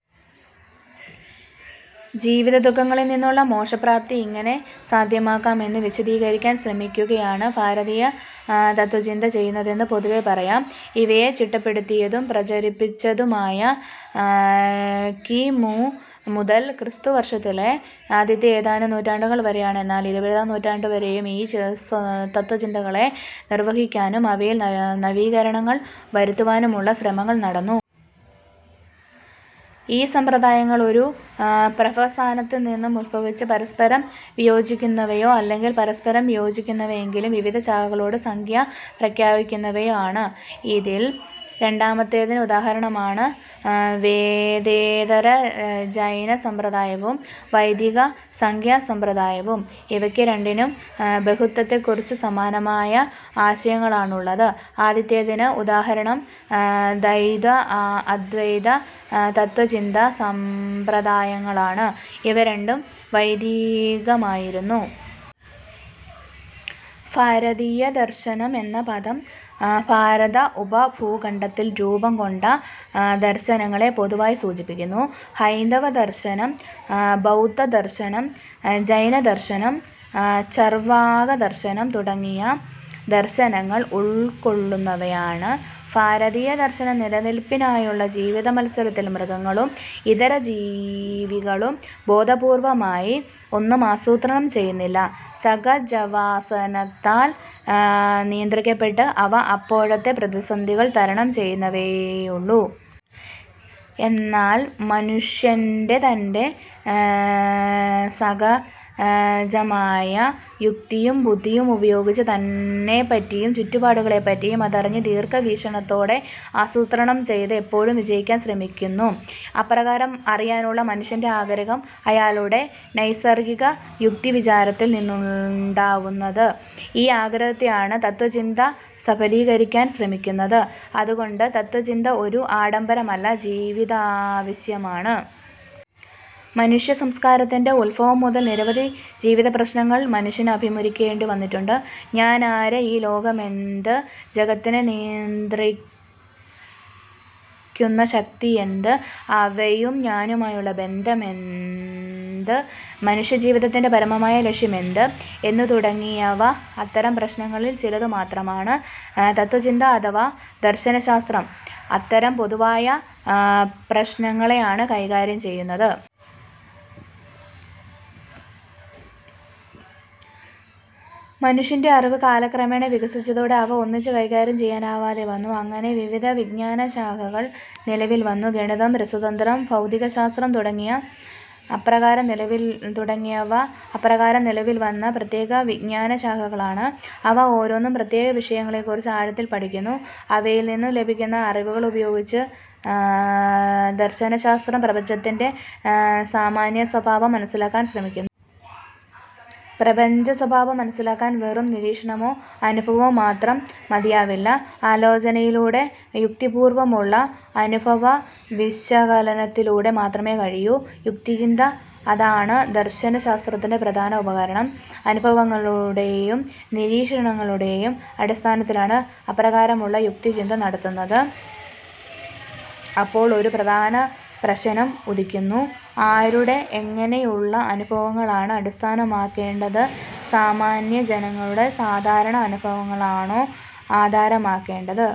ജീവിതദു:ഖങ്ങളിൽ നിന്നുള്ള മോക്ഷപ്രാപ്തി ഇങ്ങനെ സാധ്യമാക്കാം എന്നു വീശദീകരിക്കാൻ ശ്രമിക്കുകയാണ് ഭാരതീയ തത്ത്വചിന്ത ചെയ്യുന്നതെന്ന് പൊതുവെ പറയാം. ഇവയെ ചിട്ടപ്പെടുത്തിയതും പ്രചരിപ്പിച്ചതും പ്രധാനമായും ക്രി. മു. മുതൽ ക്രിസ്തുവർഷത്തിലെ ആദ്യത്തെ ഏതാനും നൂറ്റാണ്ടുകൾ വരെയാണ്. എന്നാൽ ഇരുപതാം നൂറ്റാണ്ടുവരെയും ഈ തത്ത്വചിന്തകളെ നിർവചിക്കാനും അവയിൽ നവീകരണങ്ങൾ വരുത്താനുമുള്ള ശ്രമങ്ങൾ നടന്നു. ഈ സമ്പ്രദായങ്ങൾ ഒരു പ്രഭവസ്ഥാനത്തുനിന്നും ഉത്ഭവിച്ച് പരസ്പരം വിയോജിക്കുന്നവയോ, അല്ലെങ്കിൽ പരസ്പരം യോജിക്കുന്നെങ്കിലും വിവിധ ശാഖകളോട് സഖ്യം പ്രഖ്യാപിക്കുന്നവയോ ആണ്. ഇതിൽ രണ്ടാമത്തേതിന് ഉദാഹരണമാണ് വേദേതര ജൈന സമ്പ്രദായവും വൈദിക സംഖ്യ സമ്പ്രദായവും ഇവയ്ക്ക് രണ്ടിനും ബഹുത്വത്തെക്കുറിച്ച് സമാനമായ ആശയങ്ങളാണുള്ളത്. ആദ്യത്തേതിന് ഉദാഹരണം ദ്വൈത, അദ്വൈത തത്ത്വചിന്താ സമ്പ്രദായങ്ങളാണ് ഇവ രണ്ടും വൈദികമായിരുന്നു. ഭാരതീയദർശനം എന്ന പദം ഭാരതഉപഭൂഖണ്ഡത്തിൽ രൂപം കൊണ്ട ദർശനങ്ങളെ പൊതുവായി സൂചിപ്പിക്കുന്നു. ഹൈന്ദവദർശനം, ബൗദ്ധദർശനം, ജൈനദർശനം, ചർവാകദർശനം തുടങ്ങിയ ദർശനങ്ങൾ ഉൾക്കൊള്ളുന്നവയാണ് ഭാരതീയദർശനം. നിലനില്പിനായുള്ള ജീവിതസമരത്തിൽ, മൃഗങ്ങളും ഇതര ജീവികളും ബോധപൂർവമായി ഒന്നും ആസൂത്രണം ചെയ്യുന്നില്ല. സഹജവാസനയാൽ നിയന്ത്രിക്കപ്പെട്ട്, അവ, അപ്പപ്പോഴത്തെ പ്രതിസന്ധികൾ തരണം ചെയ്യുന്നുവെന്നേയുള്ളൂ. എന്നാൽ മനുഷ്യൻ, തൻറെ സഹജമായ യുക്തിയും ബുദ്ധിയും ഉപയോഗിച്ച്, തന്നെപ്പറ്റിയും ചുറ്റുപാടുകളെപ്പറ്റിയും അറിഞ്ഞ്, ദീർഘവീക്ഷണത്തോടെ ആസൂത്രണം ചെയ്ത്, എപ്പോഴും വിജയിക്കാൻ ശ്രമിക്കുന്നു. അപ്രകാരം അറിയാനുള്ള മനുഷ്യൻറെ ആഗ്രഹം അയാളുടെ നൈസർഗിക യുക്തിവിചാരത്തിൽ നിന്നാണുണ്ടാവുന്നത്. ഈ ആഗ്രഹത്തെയാണ് തത്ത്വചിന്ത സഫലീകരിക്കാൻ ശ്രമിക്കുന്നത്. അതുകൊണ്ട് തത്ത്വചിന്ത ഒരു ആഡംബരമല്ല, ജീവിതാവശ്യമാണ്. മനുഷ്യസംസ്കാരത്തിൻറെ ഉദ്ഭവം മുതൽ നിരവധി ജീവിതപ്രശ്നങ്ങൾ മനുഷ്യന് അഭിമുഖീകരിക്കേണ്ടി വന്നിട്ടുണ്ട്. ഞാൻ ആര്? ഈ ലോകമെന്ത്? ജഗത്തിനെ നിയന്ത്രിക്കുന്ന ശക്തിയെന്ത്? അവയും ഞാനുമായുള്ള ബന്ധമെന്ത്? മനുഷ്യജീവിതത്തിന്റെ പരമമായ ലക്ഷ്യം എന്ത്? എന്നു തുടങ്ങിയവ അത്തരം പ്രശ്നങ്ങളിൽ ചിലതു മാത്രമാണ്. തത്ത്വചിന്ത അഥവാ ദർശനശാസ്ത്രം അത്തരം പൊതുവായ പ്രശ്നങ്ങളെയാണ് കൈകാര്യം ചെയ്യുന്നത്. മനുഷ്യൻറെ അറിവ് കാലക്രമേണ വികസിച്ചതോടെ അവ ഒന്നിച്ചു കൈകാര്യം ചെയ്യനാവാതെ വന്നു. അങ്ങനെ വിവിധ വിജ്ഞാനശാഖകൾ നിലവിൽ വന്നു. ഗണിതം, രസതന്ത്രം, ഭൌതികശാസ്ത്രം തുടങ്ങിയവ അപ്രകാരം നിലവിൽ വന്ന പ്രത്യേകവിജ്ഞാനശാഖകളാണ്. അവ ഓരോന്നും പ്രത്യേകവിഷയങ്ങളെക്കുറിച്ച് ആഴത്തിൽ പഠിക്കുന്നു. അവയിൽ നിന്നു ലഭിക്കുന്ന അറിവുകൾ ഉപയോഗിച്ച്, ദർശനശാസ്ത്രം പ്രപഞ്ചത്തിൻറെ സാമാന്യസ്വഭാവം മനസ്സിലാകാൻ ശ്രമിക്കുന്നു. പ്രപഞ്ചസ്വഭാവം മനസ്സിലാക്കാൻ വെറും നിരീക്ഷണമോ, അനുഭവമോ മാത്രം മതിയാവില്ല. ആലോചനയിലൂടെ, യുക്തിപൂർവമുള്ള അനുഭവവിശകലനത്തിലൂടെ, മാത്രമേ കഴിയൂ. യുക്തിചിന്ത, അതാണ് ദർശനശാസ്ത്രത്തിൻറെ പ്രധാന ഉപകരണം. അനുഭവങ്ങളുടെയും, നിരീക്ഷണങ്ങളെടെയും അടിസ്ഥാനത്തിലാണ് അപ്രകാരമുള്ള യുക്തിചിന്ത നടത്തുന്നത്. അപ്പോൾ ഒരു പ്രധാനപ്രശ്നം ഉദിക്കുന്നു. ആരുടെ, എങ്ങനെയുള്ള അനുഭവങ്ങളെയാണ് അടിസ്ഥാനമാക്കേണ്ടത്? സാമാന്യജനങ്ങളുടെ സാധാരണ അനുഭവങ്ങളാണോ ആധാരമാക്കേണ്ടത്?